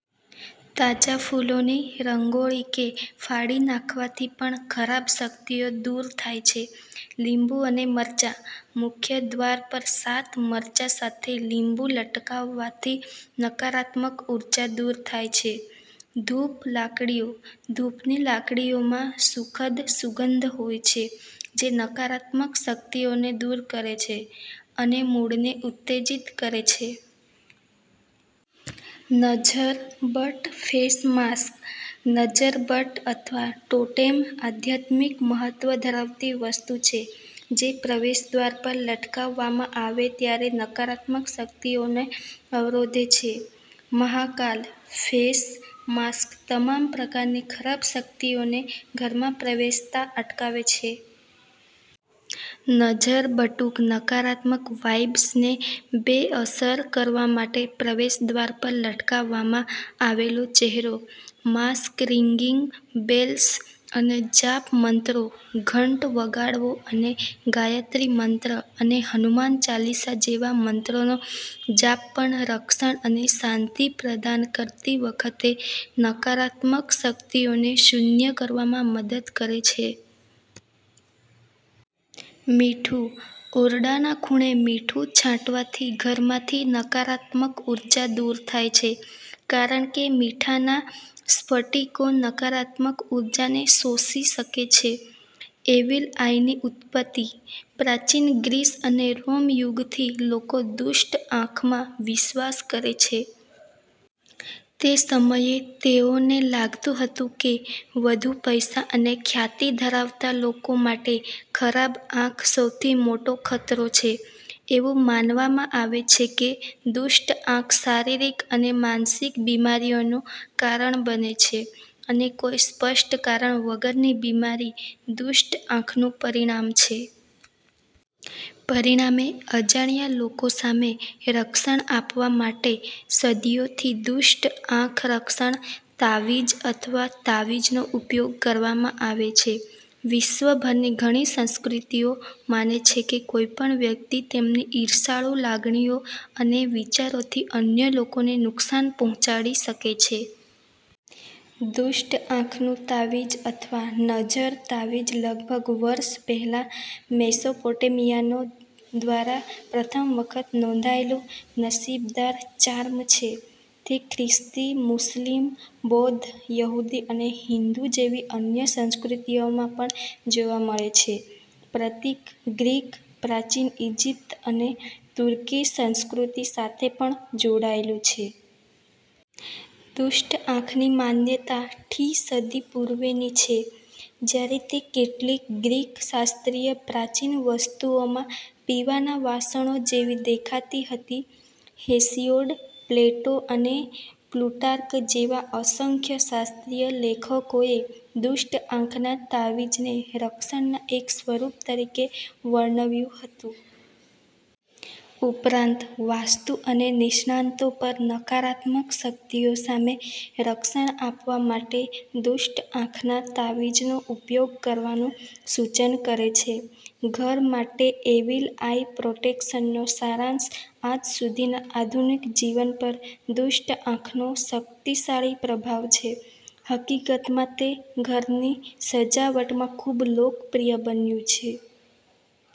તાજા ફૂલોની રંગોળી કે ફાડી નાખવાથી પણ ખરાબ શક્તિઓ દૂર થાય છે. લીંબુ અને મરચાંઃ મુખ્ય દ્વાર પર સાત મરચાં સાથે લીંબુ લટકાવવાથી નકારાત્મક ઉર્જા દૂર થાય છે. ધૂપ લાકડીઓ: ધૂપની લાકડીઓમાં સુખદ સુગંધ હોય છે જે નકારાત્મક શક્તિઓને દૂર કરે છે અને મૂડને ઉત્તેજિત કરે છે. નઝર બટ્ટુ ફેસ માસ્ક: નઝર બટ્ટુ, અથવા ટોટેમ, આધ્યાત્મિક મહત્વ ધરાવતી વસ્તુ છે જે પ્રવેશદ્વાર પર લટકાવવામાં આવે ત્યારે નકારાત્મક શક્તિઓને અવરોધે છે. "મહાકાલ" ફેસ માસ્ક તમામ પ્રકારની ખરાબ શક્તિઓને ઘરમાં પ્રવેશતા અટકાવે છે. નઝર બટુક નકારાત્મક વાઇબ્સને બેઅસર કરવા માટે પ્રવેશદ્વાર પર લટકાવવામાં આવેલો ચહેરો, માસ્ક રિંગિંગ બેલ્સ અને જાપ મંત્રો, ઘંટ વગાડવો અને ગાયત્રી મંત્ર અને હનુમાન ચાલીસા જેવા મંત્રોનો જાપ પણ રક્ષણ અને શાંતિ પ્રદાન કરતી વખતે નકારાત્મક શક્તિઓને શૂન્ય કરવામાં મદદ કરે છે. મીઠું: ઓરડાના ખૂણે મીઠું છાંટવાથી ઘરમાંથી નકારાત્મક ઉર્જા દૂર થાય છે કારણ કે મીઠાના સ્ફટિકો નકારાત્મક ઊર્જાને શોષી શકે છે. એવિલ આઇની ઉત્પત્તિ: પ્રાચીન ગ્રીસ અને રોમ યુગથી લોકો દુષ્ટ આંખમાં વિશ્વાસ કરે છે. તે સમયે તેઓને લાગતું હતું કે વધુ પૈસા અને ખ્યાતિ ધરાવતા લોકો માટે ખરાબ આંખ સૌથી મોટો ખતરો છે. એવું માનવામાં આવે છે કે દુષ્ટ આંખ શારીરિક અને માનસિક બીમારીઓનું કારણ બને છે અને કોઈ સ્પષ્ટ કારણ વગરની બીમારી દુષ્ટ આંખનું પરિણામ છે. પરિણામે, અજાણ્યા લોકો સામે રક્ષણ આપવા માટે સદીઓથી દુષ્ટ આંખ રક્ષણ, તાવીજ અથવા તાવીજનો ઉપયોગ કરવામાં આવે છે. વિશ્વભરની ઘણી સંસ્કૃતિઓ માને છે કે કોઈ પણ વ્યક્તિ તેમની ઈર્ષાળુ લાગણીઓ અને વિચારોથી અન્ય લોકોને નુકસાન પહોંચાડી શકે છે. દુષ્ટ આંખનું તાવીજ અથવા નઝર તાવીજ લગભગ વર્ષ પહેલાં મેસોપોટેમિયનો દ્વારા પ્રથમ વખત નોંધાયેલું નસીબદાર ચાર્મ છે. તે ખ્રિસ્તી, મુસ્લિમ, બૌદ્ધ, યહૂદી અને હિંદુ જેવી અન્ય સંસ્કૃતિઓમાં પણ જોવા મળે છે. પ્રતીક ગ્રીક, પ્રાચીન ઇજિપ્ત અને તુર્કી સંસ્કૃતિ સાથે પણ જોડાયેલું છે. દુષ્ટ આંખની માન્યતા ઠ્ઠી સદી પૂર્વેની છે જ્યારે તે કેટલીક ગ્રીક શાસ્ત્રીય પ્રાચીન વસ્તુઓમાં પીવાના વાસણો જેવી દેખાતી હતી. હેસિયોડ, પ્લેટો અને પ્લુટાર્ક જેવા અસંખ્ય શાસ્ત્રીય લેખકોએ દુષ્ટ આંખના તાવીજને રક્ષણના એક સ્વરૂપ તરીકે વર્ણવ્યું હતું. ઉપરાંત, વાસ્તુ અને નિષ્ણાતો પણ નકારાત્મક શક્તિઓ સામે રક્ષણ આપવા માટે દુષ્ટ આંખના તાવીજનો ઉપયોગ કરવાનું સૂચન કરે છે. ઘર માટે એવિલ આઇ પ્રોટેક્શનનો સારાંશ આજ સુધીના આધુનિક જીવન પર દુષ્ટ આંખનો શક્તિશાળી પ્રભાવ છે. હકીકતમાં, તે ઘરની સજાવટમાં ખૂબ લોકપ્રિય બન્યું છે.